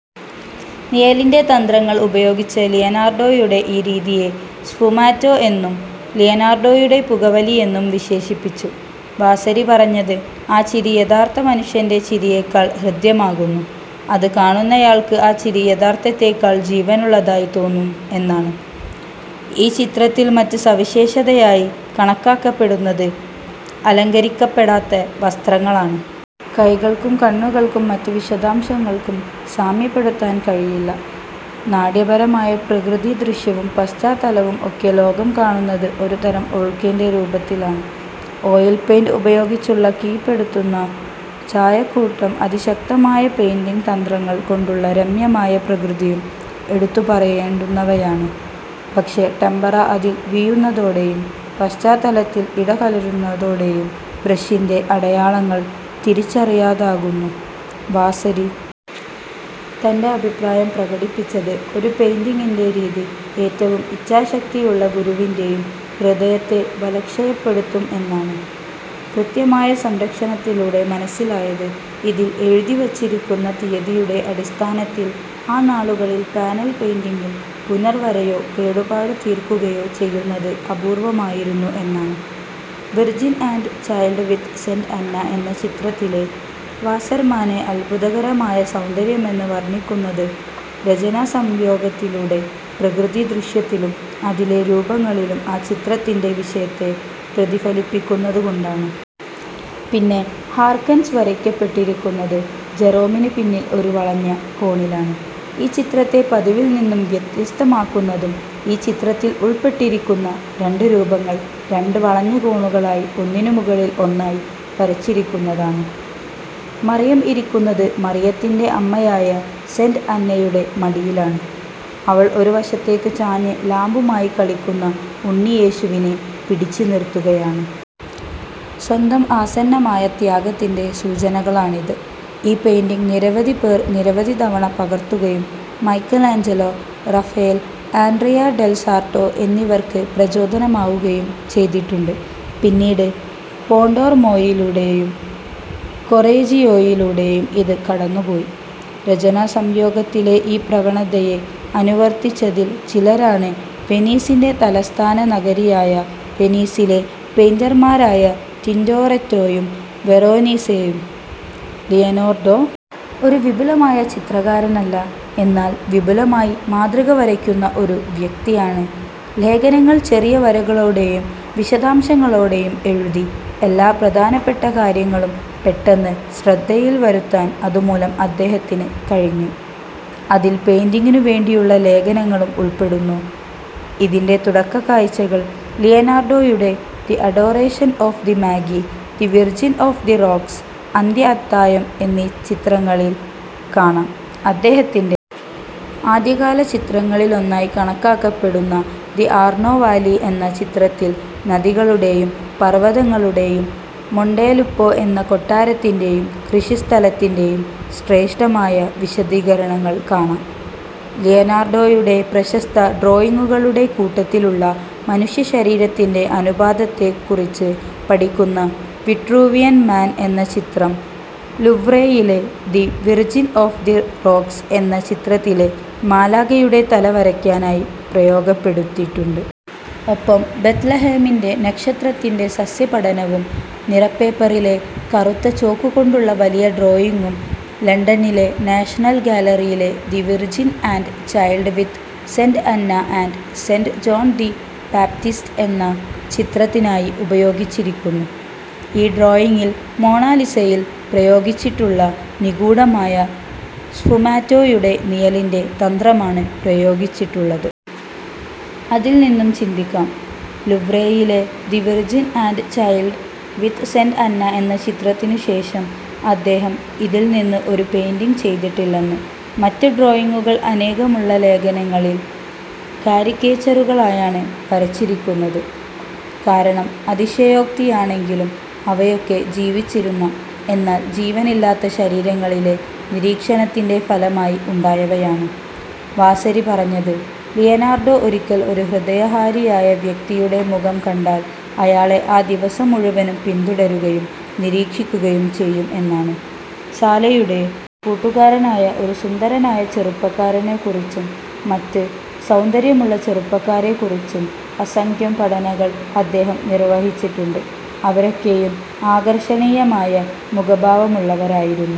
നിഴലിൻ്റെ തന്ത്രങ്ങൾ ഉപയോഗിച്ച ലിയനാർഡോയുടെ ഈ രീതിയെ സ്ഫുമാറ്റോ എന്നും ലിയനാർഡോയുടെ പുകവലി എന്നും വിശേഷിപ്പിച്ചു. വാസരി പറഞ്ഞത്, ആ ചിരി യഥാർത്ഥ മനുഷ്യൻ്റെ ചിരിയേക്കാൾ ഹൃദ്യമാകുന്നു. അത് കാണുന്നയാൾക്ക് ആ ചിരി യഥാർത്ഥത്തേക്കാൾ ജീവനുള്ളതായി തോന്നും എന്നാണ്.ഈ ചിത്രത്തിൽ മറ്റ് സവിശേഷതയായി കണക്കാക്കപ്പെടുന്നത് അലങ്കരിക്കപ്പെടാത്ത വസ്ത്രങ്ങളാണ്. കൈകൾക്കും കണ്ണുകൾക്കും മറ്റ് വിശദാംശങ്ങൾക്കും സാമ്യപ്പെടുത്താൻ കഴിയില്ല. നാട്യപരമായ പ്രകൃതിദൃശ്യവും പശ്ചാത്തലവും ഒക്കെ ലോകം കാണുന്നത് ഒരുതരം ഒഴുക്കിൻ്റെ രൂപത്തിലാണ്. ഓയിൽ പെയിന്റ് ഉപയോഗിച്ചുള്ള കീഴ്പ്പെടുത്തുന്ന ചായക്കൂട്ടും അതിശക്തമായ പെയിന്റിങ് തന്ത്രങ്ങൾ കൊണ്ടുള്ള രമ്യമായ പ്രകൃതിയും എടുത്തുപറയേണ്ടുന്നവയാണ്. പക്ഷെ ടെമ്പറ അതിൽ വീഴുന്നതോടെയും പശ്ചാത്തലത്തിൽ ഇടകലരുന്നതോടെയും ബ്രഷിൻ്റെ അടയാളങ്ങൾ തിരിച്ചറിയാതാകുന്നു. വാസരി തൻ്റെ അഭിപ്രായം പ്രകടിപ്പിച്ചത് ഒരു പെയിന്റിങ്ങിൻ്റെ രീതി ഏറ്റവും ഇച്ഛാശക്തിയുള്ള ഗുരുവിൻ്റെ യും ഹൃദയത്തെ ബലക്ഷയപ്പെടുത്തും എന്നാണ്. കൃത്യമായ സംരക്ഷണത്തിലൂടെ മനസ്സിലായത്, ഇതിൽ എഴുതിവച്ചിരിക്കുന്ന തീയതിയുടെ അടിസ്ഥാനത്തിൽ ആ നാളുകളിൽ പാനൽ പെയിന്റിങ്ങിൽ പുനർവരയോ കേടുപാട് തീർക്കുകയോ ചെയ്യുന്നത് അപൂർവ്വമായിരുന്നു എന്നാണ്. Virgin and Child with Saint Anna എന്ന ചിത്രത്തിലെ വാസ്സെർമാനെ അത്ഭുതകരമായ സൗന്ദര്യമെന്ന് വർണ്ണിക്കുന്നത് രചനാസംയോഗത്തിലൂടെ പ്രകൃതിദൃശ്യത്തിലും അതിലെ രൂപങ്ങളിലും ആ ചിത്രത്തിൻ്റെ വിഷയത്തെ പ്രതിഫലിപ്പിക്കുന്നതുകൊണ്ടാണ്. പിന്നെ ഹാർക്കൻസ് വരയ്ക്കപ്പെട്ടിരിക്കുന്നത് ജെറോമിന് പിന്നിൽ ഒരു വളഞ്ഞ കോണിലാണ്. ഈ ചിത്രത്തെ പതിവിൽ നിന്നും വ്യത്യസ്തമാക്കുന്നതും ഈ ചിത്രത്തിൽ ഉൾപ്പെട്ടിരിക്കുന്ന രണ്ട് രൂപങ്ങൾ രണ്ട് വളഞ്ഞ കോണുകളായി ഒന്നിനുമുകളിൽ ഒന്നായി വരച്ചിരിക്കുന്നതാണ്. മറിയം ഇരിക്കുന്നത് മറിയത്തിൻ്റെ അമ്മയായ സെന്റ് അന്നയുടെ മടിയിലാണ്. അവൾ ഒരു വശത്തേക്ക് ചാഞ്ഞ് ലാമ്പുമായി കളിക്കുന്ന ഉണ്ണിയേശുവിനെ പിടിച്ചുനിർത്തുകയാണ്. സ്വന്തം ആസന്നമായ ത്യാഗത്തിൻ്റെ സൂചനകളാണിത്.ഈ പെയിന്റിങ് നിരവധി പേർ നിരവധി തവണ പകർത്തുകയും Michelangelo, Raphael, Andrea del Sarto എന്നിവർക്ക് പ്രചോദനമാകുകയും ചെയ്തിട്ടുണ്ട്. പിന്നീട് പോണ്ടോർമോയിലൂടെയും കൊറെജിയോയിലൂടെയും ഇത് കടന്നുപോയി. രചനാസംയോഗത്തിലെ ഈ പ്രവണതയെ അനുവർത്തിച്ചതിൽ ചിലരാണ് വെനീസിൻ്റെ തലസ്ഥാന നഗരിയായ വെനീസിലെ പെയിന്റർമാരായ ടിന്റൊറെറ്റൊയും വെറോനീസെയും. ലിയനാർഡോ ഒരു വിപുലമായ ചിത്രകാരനല്ല, എന്നാൽ വിപുലമായി മാതൃക വരയ്ക്കുന്ന ഒരു വ്യക്തിയാണ്. ലേഖനങ്ങൾ ചെറിയ വരകളോടെയും വിശദാംശങ്ങളോടെയും എഴുതി. എല്ലാ പ്രധാനപ്പെട്ട കാര്യങ്ങളും പെട്ടെന്ന് ശ്രദ്ധയിൽ വരുത്താൻ അതുമൂലം അദ്ദേഹത്തിന് കഴിഞ്ഞു. അതിൽ പെയിന്റിങ്ങിനുവേണ്ടിയുള്ള ലേഖനങ്ങളും ഉൾപ്പെടുന്നു. ഇതിൻ്റെ തുടക്കക്കാഴ്ചകൾ ലിയനാർഡോയുടെ the Adoration of the Magi, the Virgin of the Rocks, അന്ത്യ അത്താഴം എന്നീ ചിത്രങ്ങളിൽ കാണാം. അദ്ദേഹത്തിൻ്റെ ആദ്യകാല ചിത്രങ്ങളിലൊന്നായി കണക്കാക്കപ്പെടുന്ന ദി ആർണോ വാലി എന്ന ചിത്രത്തിൽ നദികളുടെയും പർവതങ്ങളുടെയും മൊണ്ടേലുപ്പോ എന്ന കൊട്ടാരത്തിൻ്റെ യും കൃഷിസ്ഥലത്തിൻ്റെ യും ശ്രേഷ്ഠമായ വിശദീകരണങ്ങൾ കാണാം. ലിയനാർഡോയുടെ പ്രശസ്ത ഡ്രോയിങ്ങുകളുടെ കൂട്ടത്തിലുള്ള മനുഷ്യശരീരത്തിൻ്റെ അനുപാതത്തെ കുറിച്ച് പഠിക്കുന്ന വിട്രൂവിയൻ മാൻ എന്ന ചിത്രം ലൂവ്രേയിലെ the Virgin of the Rocks എന്ന ചിത്രത്തിലെ മാലാഖയുടെ തല വരയ്ക്കാനായി പ്രയോഗപ്പെടുത്തിയിട്ടുണ്ട്. ഒപ്പം ബെത്ലഹേമിൻ്റെ നക്ഷത്രത്തിൻ്റെ സസ്യപഠനവും നിറപ്പേപ്പറിലെ കറുത്ത ചോക്കുകൊണ്ടുള്ള വലിയ ഡ്രോയിങ്ങും ലണ്ടനിലെ നാഷണൽ ഗാലറിയിലെ the Virgin and Child with Saint Anna and Saint John the Baptist എന്ന ചിത്രത്തിനായി ഉപയോഗിച്ചിരിക്കുന്നു.ഈ ഡ്രോയിങ്ങിൽ മൊണാലിസയിൽ പ്രയോഗിച്ചിട്ടുള്ള നിഗൂഢമായ സ്ഫുമാറ്റോയുടെ നിഴലിൻ്റെ തന്ത്രമാണ് പ്രയോഗിച്ചിട്ടുള്ളത്. അതിൽനിന്നും ചിന്തിക്കാം, ലൂവ്രേയിലെ the Virgin and Child with Saint Anna എന്ന ചിത്രത്തിനുശേഷം അദ്ദേഹം ഇതിൽനിന്ന് ഒരു പെയിന്റിങ് ചെയ്തിട്ടില്ലെന്ന്. മറ്റ് ഡ്രോയിങ്ങുകൾ അനേകമുള്ള ലേഖനങ്ങളിൽ കാരിക്കേച്ചറുകളായാണ് വരച്ചിരിക്കുന്നത്. കാരണം അതിശയോക്തിയാണെങ്കിലും അവയൊക്കെ ജീവിച്ചിരുന്ന, എന്നാൽ ജീവനില്ലാത്ത ശരീരങ്ങളിലെ നിരീക്ഷണത്തിൻ്റെ ഫലമായി ഉണ്ടായവയാണ്. വാസരി പറഞ്ഞത്, ലിയനാർഡോ ഒരിക്കൽ ഒരു ഹൃദയഹാരിയായ വ്യക്തിയുടെ മുഖം കണ്ടാൽ അയാളെ ആ ദിവസം മുഴുവനും പിന്തുടരുകയും നിരീക്ഷിക്കുകയും ചെയ്യും എന്നാണ്. സാലൈയുടെ കൂട്ടുകാരനായ ഒരു സുന്ദരനായ ചെറുപ്പക്കാരനെ കുറിച്ചും മറ്റ് സൗന്ദര്യമുള്ള ചെറുപ്പക്കാരെ കുറിച്ചും അസംഖ്യം പഠനങ്ങൾ അദ്ദേഹം നിർവഹിച്ചിട്ടുണ്ട്. അവരൊക്കെയും ആകർഷണീയമായ മുഖഭാവമുള്ളവരായിരുന്നു.